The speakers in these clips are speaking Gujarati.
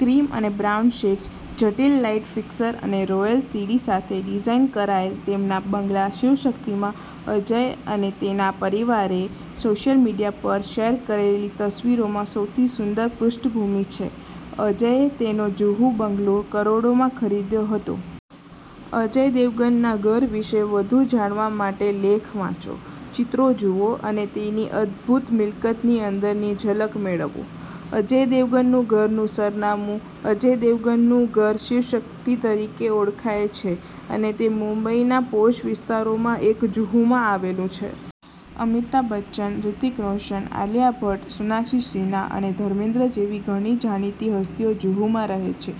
ક્રીમ અને બ્રાઉન શેડ્સ, જટિલ લાઇટ ફિક્સર અને રોયલ સીડી સાથે ડિઝાઇન કરાયેલ, તેમના બંગલા 'શિવશક્તિ'માં અજય અને તેના પરિવારે સોશિયલ મીડિયા પર શેર કરેલી તસવીરોમાં સૌથી સુંદર પૃષ્ઠભૂમિ છે. અજયે તેનો જુહુ બંગલો કરોડમાં ખરીદ્યો હતો. અજય દેવગનના ઘર વિશે વધુ જાણવા માટેલેખ વાંચો, ચિત્રો જુઓ અને તેની અદભૂત મિલકતની અંદરની ઝલક મેળવો. અજય દેવગન ઘરનું સરનામું અજય દેવગનનું ઘર 'શિવશક્તિ' તરીકે ઓળખાય છે અને તે મુંબઈના પોશ વિસ્તારોમાંના એક જુહુમાં આવેલું છે. અમિતાભ બચ્ચન, હૃતિક રોશનઆલિયા ભટ્ટ, સોનાક્ષી સિન્હા અને ધર્મેન્દ્ર જેવી ઘણી જાણીતી હસ્તીઓ જુહુમાં રહે છે,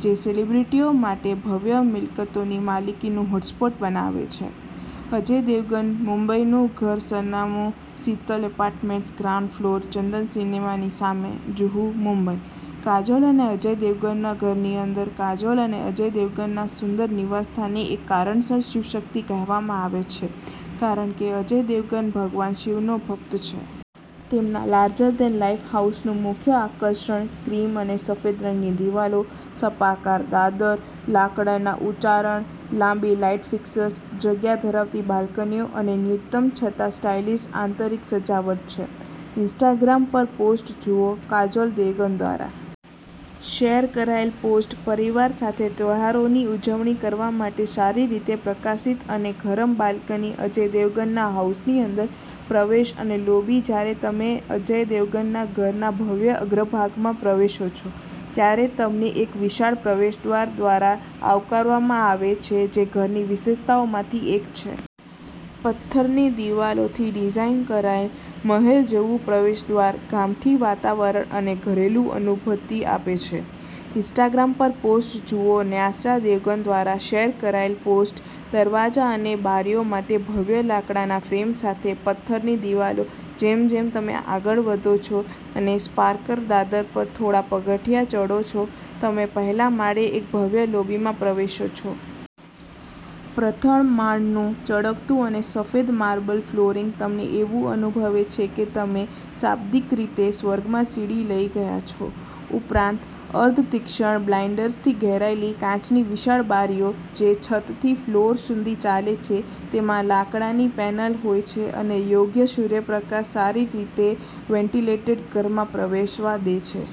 જે સેલિબ્રિટીઓ માટે ભવ્ય મિલકતોની માલિકીનું હોટસ્પોટ બનાવે છે. અજય દેવગન મુંબઈ ઘરનું સરનામું/, Sheetal apartments, ground floor, Chandan સિનેમાની સામે, જુહુ, મુંબઈ કાજોલ અને અજય દેવગન ઘરની અંદર કાજોલ અને અજય દેવગનના સુંદર નિવાસસ્થાનને એક કારણસર 'શિવશક્તિ' કહેવામાં આવે છે, કારણ કે અજય દેવગન ભગવાન શિવનો ભક્ત છે. તેમના લાર્જર-ધેન-લાઇફ હાઉસનું મુખ્ય આકર્ષણ ક્રીમ અને સફેદ રંગની દિવાલો, સર્પાકાર દાદર, લાકડાના ઉચ્ચારણ, લાંબી લાઈટ ફિક્સર, જગ્યા ધરાવતી બાલ્કનીઓ અને ન્યૂનતમ છતાં સ્ટાઇલિશ આંતરિક સજાવટ છે. ઇન્સ્ટાગ્રામ પરપોસ્ટ જુઓ કાજોલ દેવગન દ્વારા શેર કરાયેલ પોસ્ટ પરિવાર સાથે તહેવારોની ઉજવણી કરવા માટે સારી રીતે પ્રકાશિત અને ગરમ બાલ્કની અજય દેવગન હાઉસની અંદર પ્રવેશ અને લોબી જ્યારે તમે અજય દેવગનના ઘરના ભવ્ય અગ્રભાગમાં પ્રવેશો છો, ત્યારે તમને એક વિશાળ પ્રવેશદ્વાર દ્વારા આવકારવામાં આવે છે જે ઘરની વિશેષતાઓમાંથી એક છે. પથ્થરની દિવાલોથી ડિઝાઇન કરાયેલ, મહેલ જેવું પ્રવેશદ્વાર ગામઠી વાતાવરણ અને ઘરેલું અનુભૂતિ આપે છે. ઇન્સ્ટાગ્રામ પરપોસ્ટ જુઓ ન્યાસા દેવગન દ્વારા શેર કરાયેલ પોસ્ટ દરવાજા અને બારીઓ માટે ભવ્ય લાકડાના ફ્રેમ સાથે પથ્થરની દિવાલો જેમ જેમ તમે આગળ વધો છો અને સ્પાર્કર દાદર પર થોડા પગથિયાં ચઢો છો, તમે પહેલા માળે એક ભવ્ય લોબીમાં પ્રવેશો છો. પ્રથમ માળનું ચળકતું અને સફેદ માર્બલ ફ્લોરિંગ તમને એવું અનુભવે છે કે તમે શાબ્દિક રીતે સ્વર્ગમાં સીડી લઈ ગયા છો. ઉપરાંત, અર્ધ-તીક્ષ્ણ બ્લાઇંડર્સથી ઘેરાયેલી, કાચની વિશાળ બારીઓ જે છતથી ફ્લોર સુધી ચાલે છે તેમાં લાકડાની પેનલ હોય છે અને યોગ્ય સૂર્યપ્રકાશ સારી રીતે વેન્ટિલેટેડ ઘરમાં પ્રવેશવા દે છે.